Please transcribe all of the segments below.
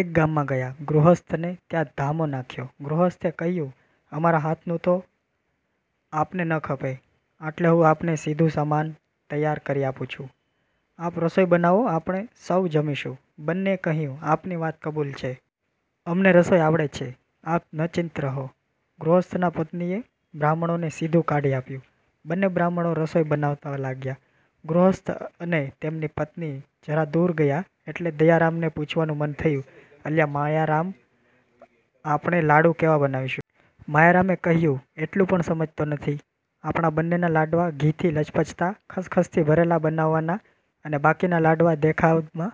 એક ગામમાં ગયા. ગૃહસ્થને ત્યાં ધામો નાખ્યો. ગૃહસ્થે કહ્યું અમારા હાથનું તો આપને ન ખપે એટલે હું આપને સીધુ સામાન તૈયાર કરી આપું છું. આપ રસોઈ બનાવો આપણે સૌ જમીશું. બન્નેએ કહ્યું 'આપની વાત કબૂલ છે. અમને રસોઈ આવડે છે. આપ નચિંત રહો. ગૃહસ્થના પત્નીએ બ્રાહ્મણોને સીધું કાઢી આપ્યું. બન્ને બ્રાહ્મણો રસોઈ બનાવવા લાગ્યા. ગૃહસ્થ અને તેની પત્ની જરા દૂર ગયાં એટલે દયારામને પૂછવાનું મન થયું અલ્યા મયારામ, આપણે લાડુ કેવા બનાવીશું? મયારામે કહ્યું એટલું પણ સમજતો નથી. આપણા બન્નેના લાડવા ઘીથી લચપચતા–ખસખસથી ભરેલા બનાવવાના અને બાકીના લાડવા દેખાવમાં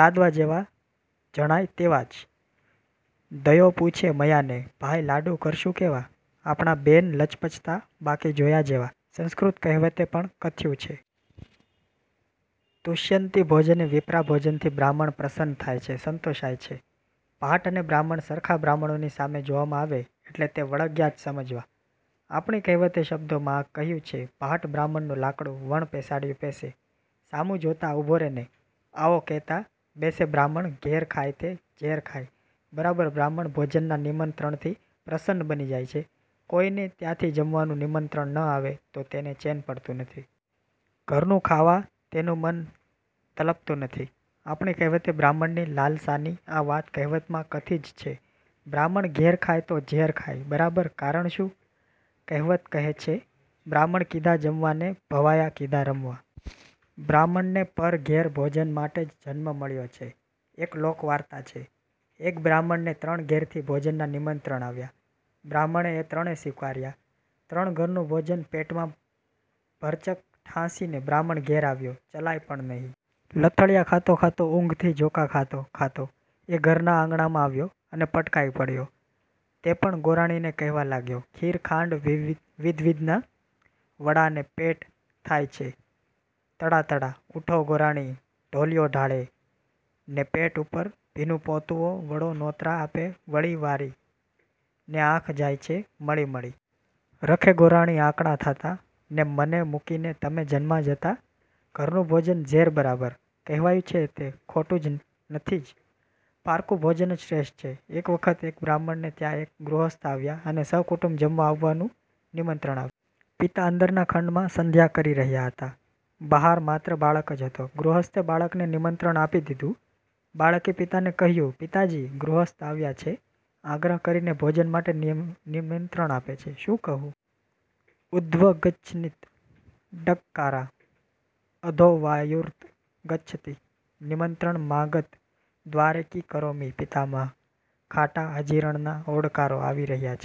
લાદવા જેવા જણાય તેવા જ. દયો પૂછે મયાને ભાઈ લાડુ કરશું કેવા? આપણા બેના લચપચતા, બાકી જોયા જેવા, સંસ્કૃત કહેવતે પણ કથ્યું છે. તુષ્યન્તિ ભોજને વિપ્રા ભોજનથી બ્રાહ્મણ પ્રસન્ન થાય છે સંતોષાય છે. ભાટ અને બ્રાહ્મણ સરખા બ્રાહ્મણોની સામે જોવામાં આવે એટલે તે વળગ્યા જ સમજવા. આપણી કહેવતે શબ્દોમાં આ કહ્યું છે ભાટ બ્રાહ્મણનું લાકડું, વણ પેસાડ્યું પેસે; સામું જોતાં ઉભા રે' ને, આવો કે'તાં બેસે બ્રાહ્મણ ઘેર ખાય તે ઝેર ખાય બરાબર બ્રાહ્મણ ભોજનના નિમંત્રણથી પ્રસન્ન બની જાય છે કોઈને ત્યાંથી જમવાનું નિમંત્રણ ન આવે તો તેને ચેન પડતું નથી. ઘરનું ખાવા તેનું મન તલપતું નથી. આપણી કહેવતે બ્રાહ્મણની લાલસાની આ વાત કહેવતમાં કથી જ છે 'બ્રાહ્મણ ઘેર ખાય તો ઝેર ખાય બરાબર'કારણ શું? કહેવત કહે છે બ્રાહ્મણ કીધા જમવા ને ભવાયા કીધા રમવા. બ્રાહ્મણને પર ઘેર ભોજન માટે જ જન્મ મળ્યો છે. એક લોકવાર્તા છે. એક બ્રાહ્મણને ત્રણ ઘેરથી ભોજનના નિમંત્રણ આવ્યા. બ્રાહ્મણે એ ત્રણે સ્વીકાર્યા. ત્રણ ઘરનું ભોજન પેટમાં ભરચક ઠાંસીને બ્રાહ્મણ ઘેર આવ્યો. ચલાય પણ નહિ. લથડીયા ખાતો ખાતો ઊંઘથી ઝોકા ખાતો ખાતો એ ઘરના આંગણામાં આવ્યો અને પટકાઈ પડ્યો. તો પણ ગોરાણીને કહેવા લાગ્યો: ખીર ખાંડ વિધવિધના વડાં ને પેટ થાય છે તડાં તડાં ઊઠો ગોરાણી ઢોલીઓ ઢાળે, ને પેટ ઉપર ભીનું પોતીઉં વળો નોતરાં આપે વળી વાળી, ને આંખ જાય છે મળી મળી. રખે ગોરાણી આકળાં થાતાં, ને મને મૂકીને તમે જમવા જાતાં. 'ઘરનું ભોજન ઝેર બરાબર' કહેવાયું છે તે ખોટું નથી જ. પારકું ભોજન જ શ્રેષ્ઠ છે. એક વખતે એક બ્રાહ્મણને ત્યાં એક ગૃહસ્થ આવ્યા અને સહકુટુંબ જમવા આવવાનું નિમંત્રણ આપ્યું. પિતા અંદરના ખંડમાં સંધ્યા કરી રહ્યા હતા. બહાર માત્ર બાળક જ હતો. ગૃહસ્થે બાળકને નિમંત્રણ આપી દીધું. બાળકે પિતાને કહ્યું પિતાજી! ગૃહસ્થ આવ્યા છે. આગ્રહ કરીને ભોજન માટે નિમંત્રણ આપે છે. શું કહું? ઉધ્વ ગચ્છન્તિ ડકકારા: અધો વાયુર્ત ગચ્છતિ। નિમંત્રણમાગતં દ્વારે કિં કરોમિ પિતામહ॥ ખાટાં અજીરણના ઓડકારો આવી રહ્યાં છે.